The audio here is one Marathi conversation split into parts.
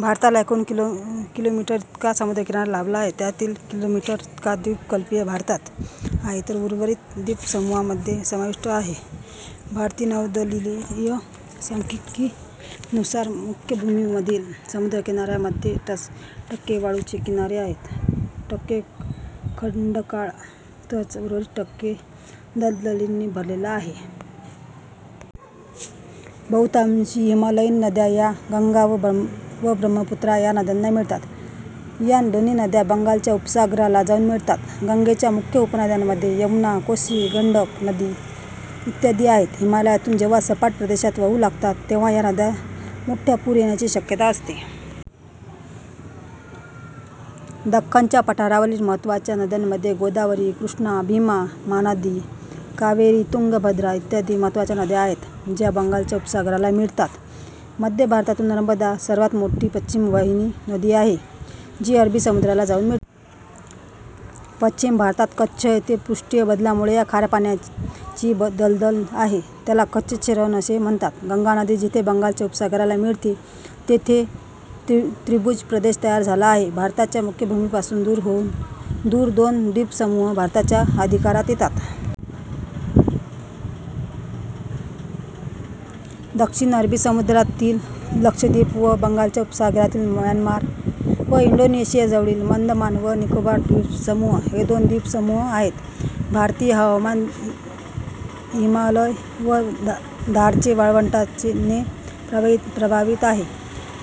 भारताला एकूण कि. मी. इतका समुद्रकिनारा लाभला आहे. त्यातील कि. मी. इतका द्वीपकल्पीय भारतात आहे तर उर्वरित द्वीपसमूहांमध्ये समाविष्ट आहे. भारतीय नौदलीय सांख्यिकीनुसार मुख्यभूमीमधील समुद्रकिनाऱ्यामध्ये टक्के वाळूचे किनारे आहे, टक्के खडकाळ तर उर्वरित टक्के दलदलींनी भरलेला आहे. बहुतांशी हिमालयीन नद्या या गंगा व ब्रम्हपुत्रा या नद्यांना मिळतात. या दोन्ही नद्या बंगालच्या उपसागराला जाउन मिळतात. गंगेच्या मुख्य उपनद्यांमध्ये यमुना, कोसी, गंडक नदी इत्यादी आहेत. हिमालयातून जेव्हा सपाट प्रदेशात वाहू लागतात तेव्हा या नद्या मोठा पूर येण्याची शक्यता असते. दख्खनच्या पठारावरील मह्त्वाच्या नद्यांमध्ये गोदावरी, कृष्णा, भीमा, महानदी, कावेरी, तुंगभद्रा इत्यादी महत्त्वाच्या नद्या आहेत ज्या बंगालच्या उपसागराला मिळतात. मध्य भारतातून नर्मदा सर्वांत मोठी पश्चिम वाहिनी नदी आहे जी अरबी समुद्राला जाऊन मिळते. पश्चिम भारतात कच्छ येथे पृष्ठीय बदलांमुळे खाऱ्यापाण्याची दलदल आहे त्याला कच्छचे रण असे म्हणतात. गंगा नदी जिथे बंगालच्या उपसागराला मिळते तिथे त्रिभुज प्रदेश तयार झाला आहे. भारताच्या मुख्य भूमीपासून दूर दोन द्वीपसमूह भारताच्या अधिकारात येतात. दक्षिण अरबी समुद्रातील लक्षद्वीप व बंगालच्या उपसागरातील म्यानमार व इंडोनेशियाजवळील अंदमान व निकोबार द्वीपसमूह हे दोन द्वीपसमूह आहेत. भारतीय हवामान हिमालय व थारचे वाळवंटाने प्रभावित आहे.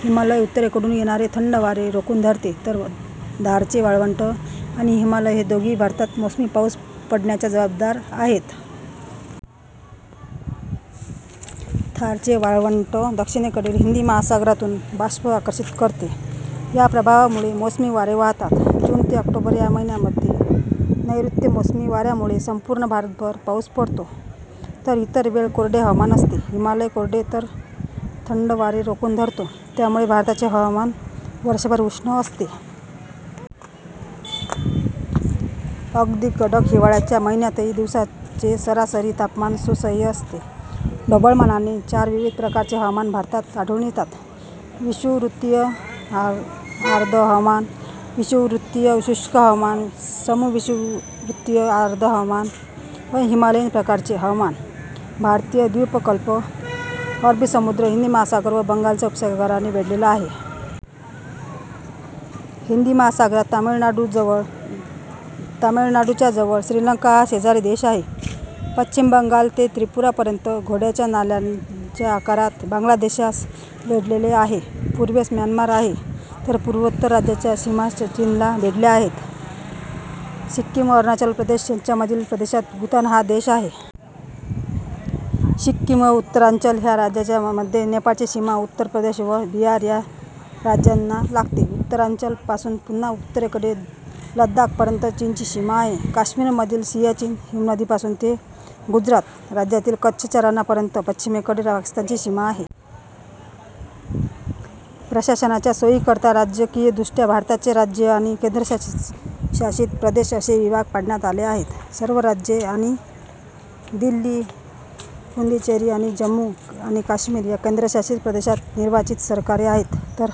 हिमालय उत्तरेकडून येणारे थंड वारे रोखून धरतो तर थारचे वाळवंट आणि हिमालय हे दोघेही भारतात मोसमी पाऊस पडण्यास जवाबदार आहेत. थारचे वाळवंट दक्षिणेकडील हिंदी महासागरातून बाष्प आकर्षित करते, या प्रभावामुळे मोसमी वारे वाहतात. जून ते ऑक्टोबर या महिन्यांमध्ये नैऋत्य मोसमी वाऱ्यांमुळे संपूर्ण भारतभर पाउस पडतो तर इतर वेळ कोरडे हवामान असते. हिमालय कोरडे थंड वारे रोखून धरतो त्यामुळे भारताचे हवामान वर्षभर उष्ण असते. अगदी कडक हिवाळ्याच्या महिन्यातही दिवसाचे सरासरी तापमान सुसह्य असते. ढोबळमानाने चार विविध प्रकारचे हवामान भारतात आढळून येतात विषवृतीय आर्द्र हवामान, विषुववृत्तीय शुष्क हवामान, समविषुववृतीय आर्द्र हवामान व हिमालयीन प्रकारचे हवामान. भारतीय द्वीपकल्प अरबी समुद्र, हिंदी महासागर व बंगालच्या उपसागराने वेढलेला आहे. हिंदी महासागरात तमिळनाडूच्या जवळ श्रीलंका हा शेजारी देश आहे. पश्चिम बंगाल ते त्रिपुरा पर्यंत घोड्यांच्या नाल्याच्या आकारात बांगलादेशास वेढलेले आहे. पूर्वेस म्यानमार आहे तर पूर्वोत्तर राज्यांच्या सीमा चीनला भीडल्या आहे. सिक्कीम व अरुणाचल प्रदेश यंच्यामधील प्रदेशात भूतान हा देश आहे. सिक्कीम व उत्तरांचल ह्या राज्यांच्या मध्ये नेपाळची सीमा उत्तर प्रदेश व बिहार या राज्यांना लागते. उत्तरांचल पासून पुन्हा उत्तरेकडे लद्दाख पर्यंत चीनची सीमा आहे. काश्मीर मधील सियाचीन हिमनदीपासून ते गुजरात राज्यातील कच्छच्या रणापर्यंत पश्चिमेकडे पाकिस्तानची सीमा आहे. प्रशासनाच्या सोयीकरता राजकीयदृष्ट्या भारताचे राज्ये आणि केंद्रशासित प्रदेश असे विभाग पाडण्यात आले आहेत. सर्व राज्ये आणि दिल्ली, पुद्दुचेरी आणि जम्मू आणि काश्मीर ह्या केंद्रशासित प्रदेशांत निर्वाचित सरकारे आहेत; तर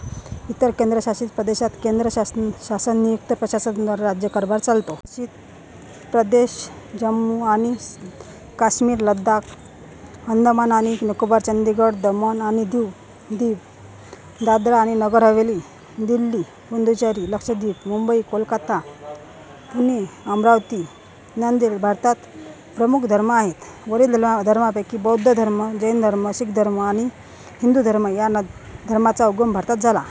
इतर केंद्रशासित प्रदेशांत केंद्र शासननियुक्त प्रशासनाद्वारे राज्यकारभार चालतो. केंद्रशासित प्रदेश जम्मू आणि काश्मीर लडाख अंदमान आणि निकोबार चंदीगढ दमण आणि दीव दादरा आणि नगर हवेली दिल्ली पुद्दुचेरी लक्षद्वीप मुंबई कोलकाता पुणे अमरावती नांदेड भारतात प्रमुख धर्म आहेत: वरील धर्मांपैकी बौद्ध धर्म, जैन धर्म, शीख धर्म आणि हिंदू धर्म या धर्मांचा उगम भारतात झाला.